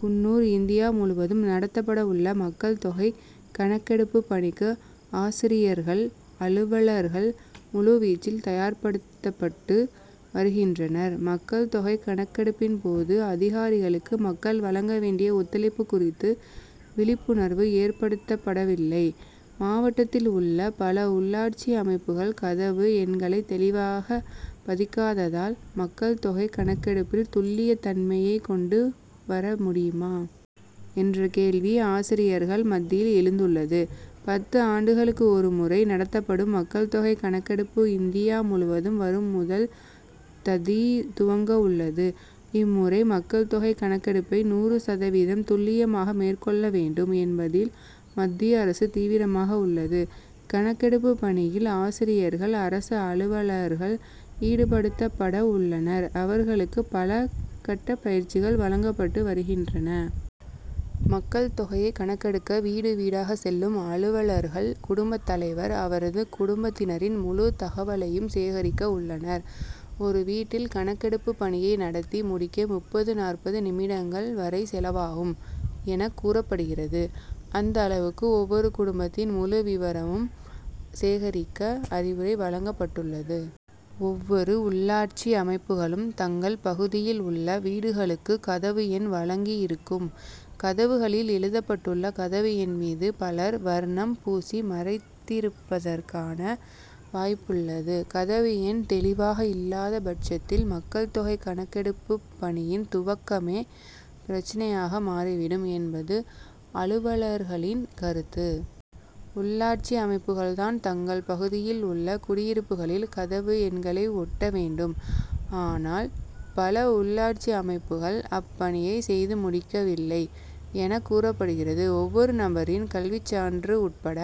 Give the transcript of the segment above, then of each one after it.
Coonoor India முழுவதும் நடத்தப்பட உள்ள மக்கள் தொகை கணக்கெடுப்பு பணிக்கு, ஆசிரியர்கள், அலுவலர்கள் முழுவீச்சில் தயார்படுத்தப்பட்டு வருகின்றனர் மக்கள் தொகை கணக்கெடுப்பின் போது அதிகாரிகளுக்கு மக்கள் வழங்க வேண்டிய ஒத்துழைப்பு குறித்து விழிப்புணர்வு ஏற்படுத்தப்படவில்லை மாவட்டத்தில் உள்ள பல உள்ளாட்சி அமைப்புகள் கதவு எண்களை தெளிவாக பதிக்காததால், மக்கள் தொகை கணக்கெடுப்பில் துல்லியத் தன்மையை கொண்டு வர முடியுமா? என்ற கேள்வி, ஆசிரியர்கள் மத்தியில் எழுந்துள்ளது. பத்து ஆண்டுகளுக்கு ஒருமுறை நடத்தப்படும் மக்கள் தொகை கணக்கெடுப்பு, இந்தியா முழுவதும் வரும் முதல் ததி துவங்கவுள்ளது இம்முறை மக்கள் தொகை கணக்கெடுப்பை நூறு சதவீதம் துல்லியமாக மேற்கொள்ள வேண்டும் என்பதில், மத்திய அரசு தீவிரமாக உள்ளது. கணக்கெடுப்பு பணியில் ஆசிரியர்கள், அரசு அலுவலர்கள் ஈடுபடுத்தப்பட உள்ளனர் அவர்களுக்கு பல கட்டப் பயிற்சிகள் வழங்கப்பட்டு வருகின்றன. மக்கள் தொகையை கணக்கெடுக்க வீடு, வீடாக செல்லும் அலுவலர்கள், குடும்பத் தலைவர், அவரது குடும்பத்தினரின் முழு தகவலையும் சேகரிக்க உள்ளனர். ஒரு வீட்டில் கணக்கெடுப்பு பணியை நடத்தி முடிக்க முப்பது நாற்பது நிமிடங்கள் வரை செலவாகும் என கூறப்படுகிறது. அந்தளவுக்கு ஒவ்வொரு குடும்பத்தின் முழு விபரமும் சேகரிக்க அறிவுரை வழங்கப்பட்டுள்ளது. ஒவ்வொரு உள்ளாட்சி அமைப்புகளும், தங்கள் பகுதியில் உள்ள வீடுகளுக்கு கதவு எண் வழங்கியிருக்கும் கதவுகளில் எழுதப்பட்டுள்ள கதவு எண் மீது பலர் வர்ணம் பூசி மறைத்திருப்பதற்கான வாய்ப்புள்ளது கதவு எண் தெளிவாக இல்லாத பட்சத்தில் மக்கள் தொகை கணக்கெடுப்பு பணியின் துவக்கமே பிரச்னையாக மாறிவிடும் என்பது அலுவலர்களின் கருத்து. உள்ளாட்சி அமைப்புகள் தான், தங்கள் பகுதியில் உள்ள குடியிருப்புகளில், கதவு எண்களை ஒட்ட வேண்டும் ஆனால், பல உள்ளாட்சி அமைப்புகள் அப்பணியை செய்து முடிக்கவில்லை என கூறப்படுகிறது. ஒவ்வொரு நபரின் கல்விச்சான்று உட்பட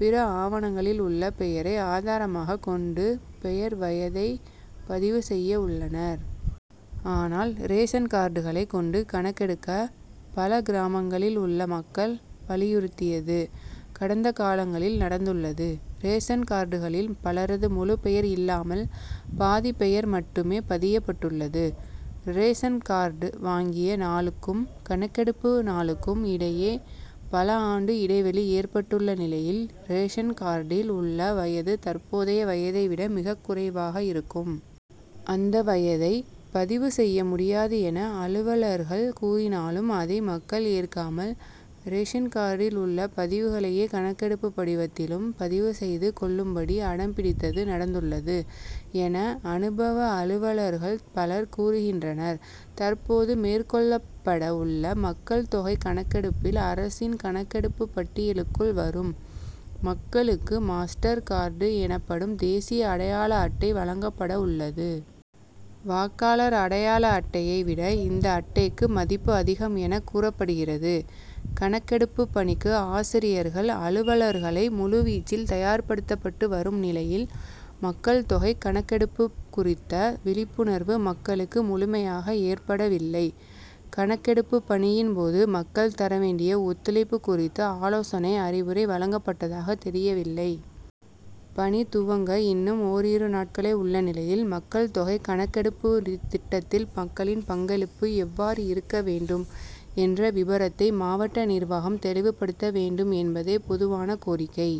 பிற ஆவணங்களில் உள்ள பெயரை ஆதாரமாக கொண்டு பெயர், வயதை பதிவு செய்ய உள்ளனர். ஆனால், ரேஷன் கார்டுகளை கொண்டு கணக்கெடுக்க, பல கிராமங்களில் உள்ள மக்கள் வலியுறுத்தியது, கடந்த காலங்களில் நடந்துள்ளது. ரேஷன் கார்டுகளில் பலரது முழுப் பெயர் இல்லாமல், பாதி பெயர் மட்டுமே பதியப்பட்டுள்ளது ரேஷன் கார்டு வாங்கிய நாளுக்கும், கணக்கெடுப்பு நாளுக்கும் இடையே பல ஆண்டு இடைவெளி ஏற்பட்டுள்ள நிலையில், ரேஷன் கார்டில் உள்ள வயது தற்போதைய வயதை விட மிகக் குறைவாக இருக்கும். அந்த வயதை பதிவு செய்ய முடியாது என அலுவலர்கள் கூறினாலும், அதை மக்கள் ஏற்காமல், ரேஷன் கார்டில் உள்ள பதிவுகளையே, கணக்கெடுப்பு படிவத்திலும் பதிவு செய்து கொள்ளும்படி அடம் பிடித்தது, நடந்துள்ளது' என, அனுபவ அலுவலர்கள் பலர் கூறுகின்றனர். தற்போது மேற்கொள்ளப்பட உள்ள மக்கள் தொகை கணக்கெடுப்பில், அரசின் கணக்கெடுப்பு பட்டியலுக்குள் வரும் மக்களுக்கு மாஸ்டர் கார்டு' எனப்படும் தேசிய அடையாள அட்டை வழங்கப்பட உள்ளது. வாக்காளர் அடையாள அட்டையை விட இந்த அட்டைக்கு மதிப்பு அதிகம் என கூறப்படுகிறது. கணக்கெடுப்பு பணிக்கு ஆசிரியர்கள், அலுவலர்களை முழுவீச்சில் தயார்படுத்தப்பட்டு வரும் நிலையில், மக்கள் தொகை கணக்கெடுப்பு குறித்த விழிப்புணர்வு, மக்களுக்கு முழுமையாக ஏற்படவில்லை கணக்கெடுப்பு பணியின் போது, மக்கள் தர வேண்டிய ஒத்துழைப்பு குறித்து ஆலோசனை, அறிவுரை வழங்கப்பட்டதாக தெரியவில்லை. பணி துவங்க இன்னும் ஒரிரு நாட்களே உள்ள நிலையில், மக்கள் தொகை கணக்கெடுப்பு திட்டத்தில் மக்களின் பங்களிப்பு எவ்வாறு இருக்க வேண்டும்? என்ற விபரத்தை, மாவட்ட நிர்வாகம் தெளிவுபடுத்த வேண்டும் என்பதே பொதுவான கோரிக்கை.